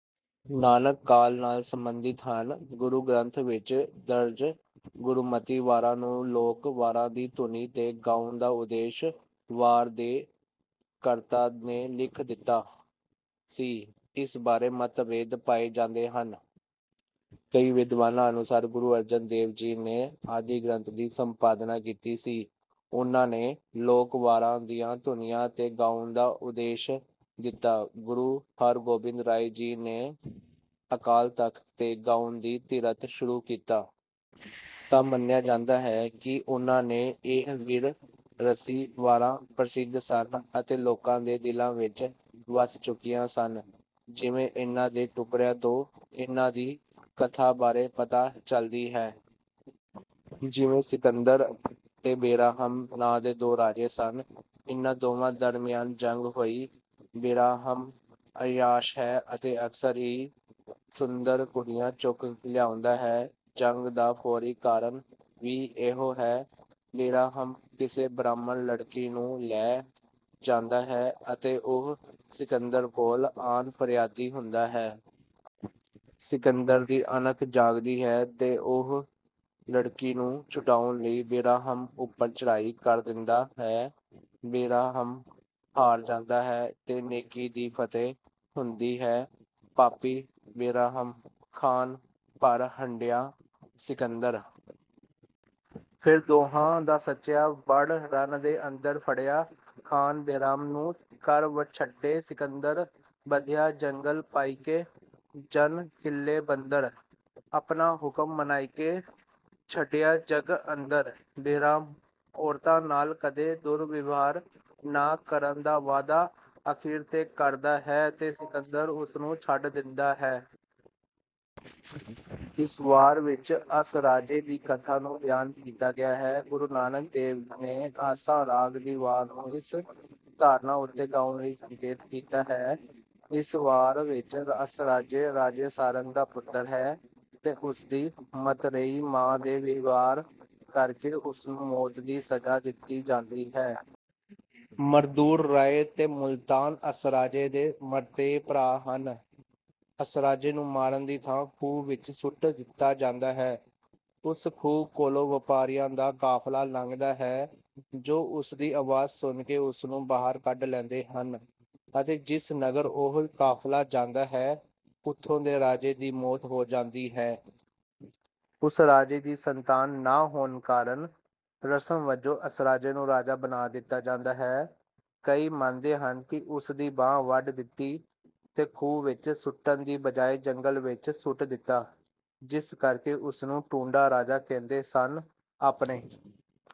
ਨਾਨਕ ਕਾਲ ਨਾਲ ਸਬੰਧਿਤ ਹਨ। ਗੁਰੂ ਗ੍ਰੰਥ ਵਿੱਚ ਦਰਜ ਗੁਰਮਤਿ ਵਾਰਾਂ ਨੂੰ ਲੋਕ ਵਾਰਾਂ ਦੀ ਧੁਨੀ ਤੇ ਗਾਉਣ ਦਾ ਉਦੇਸ਼ ਵਾਰ ਦੇ ਕਰਤਾ ਨੇ ਲਿਖ ਦਿੱਤਾ ਸੀ। ਇਸ ਬਾਰੇ ਮਤਭੇਦ ਪਾਏ ਜਾਂਦੇ ਹਨ। ਕਈ ਵਿਦਵਾਨਾਂ ਅਨੁਸਾਰ ਗੁਰੂ ਅਰਜਨ ਦੇਵ ਜੀ ਨੇ ਆਦਿ ਗ੍ਰੰਥ ਦੀ ਸੰਪਾਦਨਾ ਕੀਤੀ ਸੀ। ਉਹਨਾਂ ਨੇ ਲੋਕ ਵਾਰਾਂ ਦੀਆਂ ਧੁਨੀਆਂ ਤੇ ਗਾਉਣ ਦਾ ਉਦੇਸ਼ ਦਿੱਤਾ। ਗੁਰੂ ਹਰ ਗੋਬਿੰਦ ਰਾਏ ਜੀ ਨੇ ਅਕਾਲ ਤਖ਼ਤ ਤੇ ਗਾਉਣ ਦੀ ਧਿਰਤ ਸ਼ੁਰੂ ਕੀਤਾ। ਤਾਂ ਮੰਨਿਆ ਜਾਂਦਾ ਹੈ ਕਿ ਉਹਨਾਂ ਨੇ ਇਹ ਵੀਰ ਰਸੀ ਵਾਰਾਂ ਪ੍ਰਸਿੱਧ ਸਨ ਅਤੇ ਲੋਕਾਂ ਦੇ ਦਿਲਾਂ ਵਿੱਚ ਵਸ ਚੁੱਕੀਆਂ ਸਨ। ਜਿਵੇਂ ਇਹਨਾਂ ਦੇ ਟੁਕੜਿਆਂ ਤੋਂ ਇਹਨਾਂ ਦੀ ਕਥਾ ਬਾਰੇ ਪਤਾ ਚਲਦੀ ਹੈ। ਜਿਵੇਂ ਸਿਕੰਦਰ ਤੇ ਬਿਰਾਹਮ ਨਾਂ ਦੇ ਦੋ ਰਾਜੇ ਸਨ। ਇਹਨਾਂ ਦੋਹਾਂ ਦਰਮਿਆਨ ਜੰਗ ਹੋਈ। ਬਿਰਾਹਮ ਅੱਯਾਸ਼ ਹੈ ਅਤੇ ਅਕਸਰ ਹੀ ਸੁੰਦਰ ਕੁੜੀਆਂ ਚੁੱਕ ਲਿਆਉਂਦਾ ਹੈ। ਜੰਗ ਦਾ ਫੌਰੀ ਕਾਰਨ ਵੀ ਇਹੋ ਹੈ। ਬਿਰਾਹਮ ਕਿਸੇ ਬ੍ਰਾਹਮਣ ਲੜਕੀ ਨੂੰ ਲੈ ਜਾਂਦਾ ਹੈ ਅਤੇ ਉਹ ਸਿਕੰਦਰ ਕੋਲ ਆਣ ਫਰਿਆਦੀ ਹੁੰਦਾ ਹੈ। ਸਿਕੰਦਰ ਦੀ ਅਣਖ ਜਾਗਦੀ ਹੈ ਤੇ ਉਹ ਲੜਕੀ ਨੂੰ ਛੁਡਾਉਣ ਲਈ ਬਿਰਾਹਮ ਉਪਰ ਚੜ੍ਹਾਈ ਕਰ ਦਿੰਦਾ ਹੈ। ਬਿਰਾਹਮ ਹਾਰ ਜਾਂਦਾ ਹੈ ਤੇ ਨੇਕੀ ਦੀ ਫਤਹਿ ਹੁੰਦੀ ਹੈ। ਪਾਪੀ ਬਿਰਾਹਮ ਖਾਨ ਪਰ ਹਢਿਆ ਸਿਕੰਦਰ। ਭੇੜ ਦੋਹਾਂ ਦਾ ਸੱਚਿਆਂ ਬਡ ਰਣ ਦੇ ਅੰਦਰ ਫੜ੍ਹਿਆ ਖਾਨ ਬਿਰਾਹਮ ਨੂੰ ਕਰ ਛਡੇ ਸਿਕੰਦਰ ਬੱਧਯਾ ਮੰਗਲ ਪਾਇਕੇ ਜਣ ਕੀਲੇ ਬੰਦਰ। ਆਪਣਾ ਹੁਕਮ ਮਨਾਇਕੈ ਛਡਿਯਾ ਜੱਗ ਅੰਦਰ। ਬਿਰਾਹਮ ਔਰਤਾਂ ਨਾਲ ਕਦੇ ਦੁਰਵਿਵਹਾਰ ਨਾ ਕਰਨ ਦਾ ਵਾਅਦਾ ਅਖੀਰ ਤੇ ਕਰਦਾ ਹੈ ਤੇ ਸਿਕੰਦਰ ਉਸਨੂੰ ਛੱਡ ਦਿੰਦਾ ਹੈ। ਇਸ ਵਾਰ ਵਿੱਚ ਅਸਰਾਜੇ ਦੀ ਕਥਾ ਨੂੰ ਬਿਆਨ ਕੀਤਾ ਗਿਆ ਹੈ। ਗੁਰੂ ਨਾਨਕ ਦੇਵ ਨੇ ਆਸਾ ਰਾਗ ਦੀ ਵਾਰ ਨੂੰ ਇਸ ਧਾਰਨਾ ਉਤੇ ਗਾਉਣ ਲਈ ਸੰਕੇਤ ਕੀਤਾ ਹੈ। ਇਸ ਵਾਰ ਵਿੱਚ ਅਸਰਾਜੇ ਰਾਜੇ ਸਾਰੰਗ ਦਾ ਪੁੱਤਰ ਹੈ ਤੇ ਉਸਦੀ ਮਤਰੇਈ ਮਾਂ ਦੇ ਵਿਵਹਾਰ ਕਰਕੇ ਉਸਨੂੰ ਮੌਤ ਦੀ ਸਜ਼ਾ ਦਿੱਤੀ ਜਾਂਦੀ ਹੈ। ਮਰਦੂਰ ਰਾਏ ਤੇ ਸੁਲਤਾਨ ਅਸਰਾਜੇ ਦੇ ਮਤਰੇਏ ਭਰਾ ਹਨ। ਅਸਰਾਜੇ ਨੂੰ ਮਾਰਨ ਦੀ ਥਾਂ ਖੂਹ ਵਿੱਚ ਸੁੱਟ ਦਿੱਤਾ ਜਾਂਦਾ ਹੈ। ਉਸ ਖੂਹ ਕੋਲੋਂ ਵਪਾਰੀਆਂ ਦਾ ਕਾਫਲਾ ਲੰਘਦਾ ਹੈ ਜੋ ਉਸ ਦੀ ਅਵਾਜ਼ ਸੁਣ ਕੇ ਉਸਨੂੰ ਬਾਹਰ ਕੱਢ ਲੈਂਦੇ ਹਨ ਅਤੇ ਜਿਸ ਨਗਰ ਉਹ ਕਾਫਲਾ ਜਾਂਦਾ ਹੈ ਉਥੋਂ ਦੇ ਰਾਜੇ ਦੀ ਮੌਤ ਹੋ ਜਾਂਦੀ ਹੈ। ਉਸ ਰਾਜੇ ਦੀ ਸੰਤਾਨ ਨਾ ਹੋਣ ਕਾਰਨ ਰਸਮ ਵਜੋਂ ਅਸਰਾਜੇ ਨੂੰ ਰਾਜਾ ਬਣਾ ਦਿੱਤਾ ਜਾਂਦਾ ਹੈ। ਕਈ ਮੰਨਦੇ ਹਨ ਕਿ ਉਸ ਦੀ ਬਾਂਹ ਵੱਢ ਦਿੱਤੀ ਤੇ ਖੂਹ ਵਿੱਚ ਸੁੱਟਣ ਦੀ ਬਜਾਏ ਜੰਗਲ ਵਿੱਚ ਸੁੱਟ ਦਿੱਤਾ। ਜਿਸ ਕਰਕੇ ਉਸਨੂੰ ਟੁੰਡਾ ਰਾਜਾ ਕਹਿੰਦੇ ਸਨ। ਆਪਣੇ